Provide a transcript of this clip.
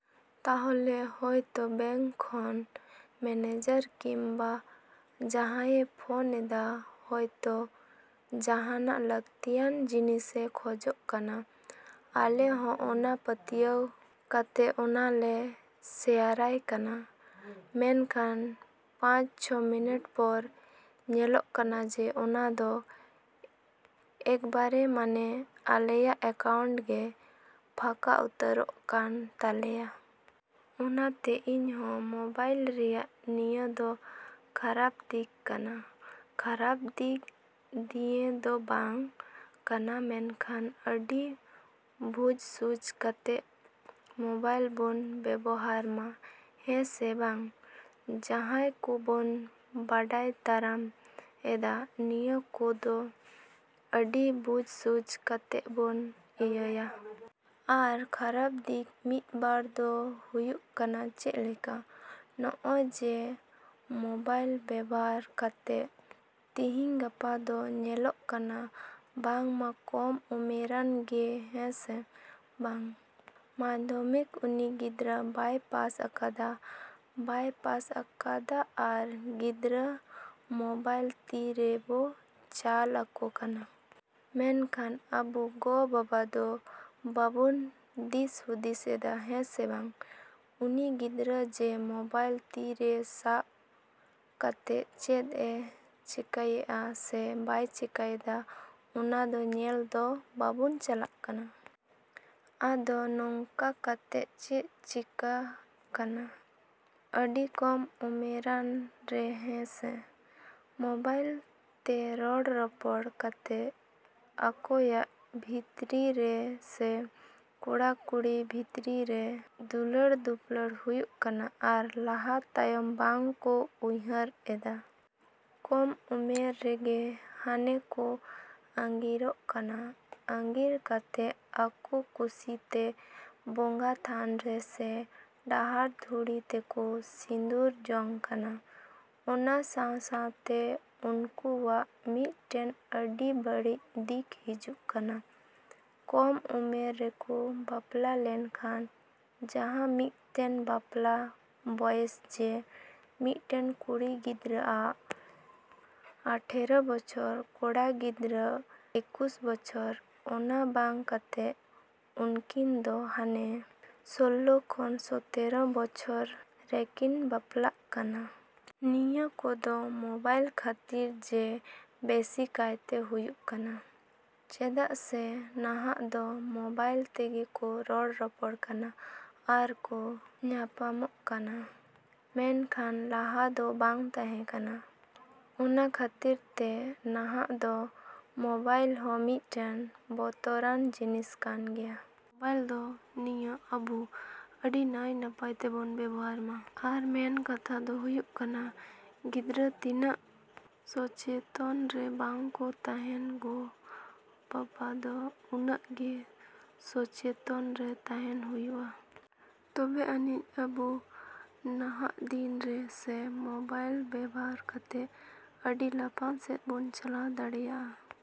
ᱛᱟᱦᱚᱞᱮ ᱦᱚᱭᱛᱚ ᱵᱮᱝᱠ ᱠᱷᱚᱱ ᱢᱮᱱᱮᱡᱟᱨ ᱠᱤᱢᱵᱟ ᱡᱟᱦᱟᱭᱮ ᱯᱷᱳᱱ ᱮᱫᱟ ᱦᱚᱭᱛᱚ ᱡᱟᱦᱟᱱᱟᱜ ᱞᱟᱹᱠᱛᱤᱭᱟᱱ ᱡᱤᱱᱤᱥᱮ ᱠᱷᱚᱡᱚᱜ ᱠᱟᱱᱟ᱾ ᱟᱞᱮ ᱦᱚᱸ ᱚᱱᱟ ᱯᱟᱹᱛᱭᱟᱹᱣ ᱠᱟᱛᱮᱫ ᱚᱱᱟ ᱞᱮ ᱥᱮᱭᱟᱨᱟᱭ ᱠᱟᱱᱟ᱾ ᱢᱮᱱᱠᱷᱟᱱ ᱯᱟᱪᱼᱪᱷᱚ ᱢᱤᱱᱤᱴ ᱯᱚᱨ ᱧᱮᱞᱚᱜ ᱠᱟᱱᱟ ᱡᱮ ᱚᱱᱟ ᱫᱚ ᱮᱠᱵᱟᱨᱮ ᱢᱟᱱᱮ ᱟᱞᱮᱭᱟᱜ ᱮᱠᱟᱣᱩᱱᱴ ᱜᱮ ᱯᱷᱟᱠᱟ ᱩᱛᱟᱹᱨᱚᱜ ᱠᱟᱱ ᱛᱟᱞᱮᱭᱟ᱾ ᱚᱱᱟᱛᱮ ᱤᱧᱦᱚᱸ ᱢᱚᱵᱟᱭᱤᱞ ᱨᱮᱭᱟᱜ ᱱᱤᱭᱟᱹ ᱫᱚ ᱠᱷᱟᱨᱟᱯ ᱫᱤᱠ ᱠᱟᱱᱟ᱾ ᱠᱷᱟᱨᱟᱯ ᱫᱤᱠ ᱫᱤᱭᱮ ᱫᱚ ᱵᱟᱝ ᱠᱟᱱᱟ ᱢᱮᱱᱠᱷᱟᱱ ᱟᱹᱰᱤ ᱵᱩᱡᱷ ᱥᱩᱡᱷ ᱠᱟᱛᱮᱫ ᱢᱚᱵᱟᱭᱤᱞ ᱵᱚᱱ ᱵᱮᱵᱷᱟᱨ ᱢᱟ᱾ ᱦᱮᱸᱥᱮ ᱵᱟᱝ? ᱡᱟᱦᱟᱸᱭ ᱠᱚ ᱵᱚᱱ ᱵᱟᱰᱟᱭ ᱫᱟᱨᱟᱢ ᱮᱫᱟ, ᱱᱤᱭᱟᱹ ᱠᱚ ᱫᱚ ᱟᱹᱰᱤ ᱵᱩᱡᱷ ᱥᱩᱡᱷ ᱠᱟᱛᱮᱫ ᱵᱚᱱ ᱤᱭᱟᱹᱭᱟ᱾ ᱟᱨ ᱠᱷᱟᱨᱟᱯ ᱫᱤᱠ ᱢᱤᱫ ᱵᱟᱨ ᱫᱚ ᱦᱩᱭᱩᱜ ᱠᱟᱱᱟ ᱪᱮᱫ ᱞᱮᱠᱟ? ᱱᱚᱜᱼᱚᱭ ᱡᱮ ᱢᱚᱵᱟᱭᱤᱞ ᱵᱮᱵᱷᱟᱨ ᱠᱟᱛᱮᱫ ᱛᱤᱦᱤᱧ ᱜᱟᱯᱟ ᱫᱚ ᱧᱮᱞᱚᱜ ᱠᱟᱱᱟ ᱵᱟᱝ ᱢᱟ ᱠᱚᱢ ᱩᱢᱮᱨᱟᱱ ᱜᱮ ᱦᱮᱸᱥᱮ ᱵᱟᱝ? ᱢᱟᱫᱷᱚᱢᱤᱠ ᱩᱱᱤ ᱜᱤᱫᱽᱨᱟᱹ ᱵᱟᱭ ᱯᱟᱥ ᱟᱠᱟᱫᱟ, ᱵᱟᱭ ᱯᱟᱥ ᱟᱠᱟᱫᱟ ᱟᱨ ᱜᱤᱫᱽᱨᱟᱹ ᱢᱚᱵᱟᱭᱤᱞ ᱛᱤ ᱨᱮᱵᱚ ᱪᱟᱞ ᱟᱠᱚ ᱠᱟᱱᱟ᱾ ᱢᱮᱱᱠᱷᱟᱱ ᱟᱵᱚ ᱜᱚ ᱵᱟᱵᱟ ᱫᱚ ᱵᱟᱵᱚᱱ ᱫᱤᱥ ᱦᱩᱫᱤᱥ ᱮᱫᱟ ᱦᱮᱸ ᱥᱮ ᱵᱟᱝ? ᱩᱱᱤ ᱜᱤᱫᱽᱨᱟᱹ ᱡᱮ ᱢᱚᱵᱟᱭᱤᱞ ᱛᱤ ᱨᱮ ᱥᱟᱵ ᱠᱟᱛᱮᱫ ᱪᱮᱫ ᱮ ᱪᱤᱠᱟᱹᱭᱮᱜᱼᱟ ᱥᱮ ᱵᱟᱭ ᱪᱤᱠᱟᱹᱭᱮᱫᱟ ᱚᱱᱟ ᱫᱚ ᱧᱮᱞ ᱫᱚ ᱵᱟᱵᱚᱱ ᱪᱟᱞᱟᱜ ᱠᱟᱱᱟ᱾ ᱟᱫᱚ ᱱᱚᱝᱠᱟ ᱠᱟᱛᱮᱫ ᱪᱮᱫ ᱪᱤᱠᱟᱜ ᱠᱟᱱᱟ? ᱟᱹᱰᱤ ᱠᱚᱢ ᱩᱢᱮᱨᱟᱱ ᱨᱮ ᱦᱮᱸ ᱥᱮ? ᱢᱚᱵᱟᱭᱤᱞ ᱛᱮ ᱨᱚᱲ ᱨᱚᱯᱚᱲ ᱠᱟᱛᱮᱫ ᱟᱠᱚᱭᱟᱜ ᱵᱷᱤᱛᱨᱤ ᱨᱮ ᱥᱮ ᱠᱚᱲᱟ ᱠᱩᱲᱤ ᱵᱷᱤᱛᱨᱤ ᱨᱮ ᱫᱩᱞᱟᱹᱲ ᱫᱩᱯᱞᱟᱹᱲ ᱦᱩᱭᱩᱜ ᱠᱟᱱᱟ ᱟᱨ ᱞᱟᱦᱟ ᱛᱟᱭᱚᱢ ᱵᱟᱝ ᱠᱚ ᱩᱭᱦᱟᱹᱨ ᱮᱫᱟ᱾ ᱠᱚᱢ ᱩᱢᱮᱨ ᱨᱮᱜᱮ ᱦᱟᱱᱮ ᱠᱚ ᱟᱹᱜᱤᱨᱚᱜ ᱠᱟᱱᱟ᱾ ᱟᱹᱜᱤᱨ ᱠᱟᱛᱮᱫ ᱟᱠᱚ ᱠᱩᱥᱤ ᱛᱮ ᱵᱚᱸᱜᱟ ᱛᱷᱟᱱ ᱨᱮ ᱥᱮ ᱰᱟᱦᱟᱨ ᱰᱷᱩᱲᱤ ᱛᱮᱠᱚ ᱥᱤᱸᱫᱩᱨ ᱡᱚᱝ ᱠᱟᱱᱟ᱾ ᱚᱱᱟ ᱥᱟᱶᱼᱥᱟᱶᱛᱮ ᱩᱱᱠᱩᱣᱟᱜ ᱢᱤᱫᱴᱮᱱ ᱟᱹᱰᱤ ᱵᱟᱹᱲᱤᱡ ᱫᱤᱠ ᱦᱤᱡᱩᱜ ᱠᱟᱱᱟ᱾ ᱠᱚᱢ ᱩᱢᱮᱨ ᱨᱮᱠᱚ ᱵᱟᱯᱞᱟ ᱞᱮᱱ ᱠᱷᱟᱱ ᱡᱟᱦᱟᱸ ᱢᱤᱫᱴᱮᱱ ᱵᱟᱯᱞᱟ ᱵᱚᱭᱚᱥ ᱡᱮ ᱢᱤᱫᱴᱮᱱ ᱠᱩᱲᱤ ᱜᱤᱫᱽᱨᱟᱹ ᱟᱜ ᱟᱴᱷᱮᱨᱚ ᱵᱚᱪᱷᱚᱨ, ᱠᱚᱲᱟ ᱜᱤᱫᱽᱨᱟᱹ ᱮᱠᱩᱥ ᱵᱚᱪᱷᱚᱨ, ᱚᱱᱟ ᱵᱟᱝ ᱠᱟᱛᱮᱫ ᱩᱱᱠᱤᱱ ᱫᱚ ᱦᱟᱱᱮ ᱥᱳᱞᱞᱳ ᱠᱷᱚᱱ ᱥᱚᱛᱮᱨᱚ ᱵᱚᱪᱷᱚᱨ ᱨᱮᱠᱤᱱ ᱵᱟᱯᱞᱟᱜ ᱠᱟᱱᱟ᱾ ᱱᱤᱭᱟᱹ ᱠᱚ ᱫᱚ ᱢᱚᱵᱟᱭᱤᱞ ᱠᱷᱟᱹᱛᱤᱨ ᱡᱮ ᱵᱮᱥᱤ ᱠᱟᱭᱛᱮ ᱦᱩᱭᱩᱜ ᱠᱟᱱᱟ᱾ ᱪᱮᱫᱟᱜ ᱥᱮ ᱱᱟᱦᱟᱜ ᱫᱚ ᱢᱚᱵᱟᱭᱤᱞ ᱛᱮᱜᱮ ᱠᱚ ᱨᱚᱲ ᱨᱚᱯᱚᱲ ᱠᱟᱱᱟ ᱟᱨ ᱠᱚ ᱧᱟᱯᱟᱢᱚᱜ ᱠᱟᱱᱟ᱾ ᱢᱮᱱᱠᱷᱟᱱ ᱞᱟᱦᱟ ᱫᱚ ᱵᱟᱝ ᱛᱟᱦᱮᱸ ᱠᱟᱱᱟ᱾ ᱚᱱᱟ ᱠᱷᱟᱹᱛᱤᱨ ᱛᱮ ᱱᱟᱦᱟᱜ ᱫᱚ ᱢᱚᱵᱟᱭᱤᱞ ᱦᱚᱸ ᱢᱤᱫᱴᱮᱱ ᱵᱚᱛᱚᱨᱟᱱ ᱡᱤᱱᱤᱥ ᱠᱟᱱ ᱜᱮᱭᱟ᱾ ᱟᱨ ᱢᱚᱵᱟᱭᱤᱞ ᱫᱚ ᱱᱤᱭᱟᱹ ᱟᱵᱚ ᱟᱹᱰᱤ ᱱᱟᱭ ᱱᱟᱯᱟᱭ ᱛᱮᱵᱚᱱ ᱵᱮᱵᱷᱟᱨ ᱢᱟ᱾ ᱟᱨ ᱢᱮᱱ ᱠᱟᱛᱷᱟ ᱫᱚ ᱦᱩᱭᱩᱜ ᱠᱟᱱᱟ ᱜᱤᱫᱽᱨᱟᱹ ᱛᱤᱱᱟᱹᱜ ᱥᱚᱪᱮᱛᱚᱱ ᱨᱮ ᱵᱟᱝ ᱠᱚ ᱛᱟᱦᱮᱸᱱ, ᱜᱚ ᱵᱟᱵᱟ ᱫᱚ ᱩᱱᱟᱹᱜ ᱜᱮ ᱥᱚᱪᱮᱛᱚᱱ ᱨᱮ ᱛᱟᱦᱮᱸᱱ ᱦᱩᱭᱩᱜᱼᱟ᱾ ᱛᱚᱵᱮ ᱟᱹᱱᱤᱡ ᱟᱵᱚ ᱱᱟᱦᱟᱜ ᱫᱤᱱ ᱨᱮ ᱥᱮ ᱢᱚᱵᱟᱭᱤᱞ ᱵᱮᱵᱷᱟᱨ ᱠᱟᱛᱮᱫ ᱟᱹᱰᱤ ᱞᱟᱯᱷᱟᱝ ᱥᱮᱫ ᱵᱚ ᱪᱟᱞᱟᱣ ᱫᱟᱲᱮᱭᱟᱜᱼᱟ᱾।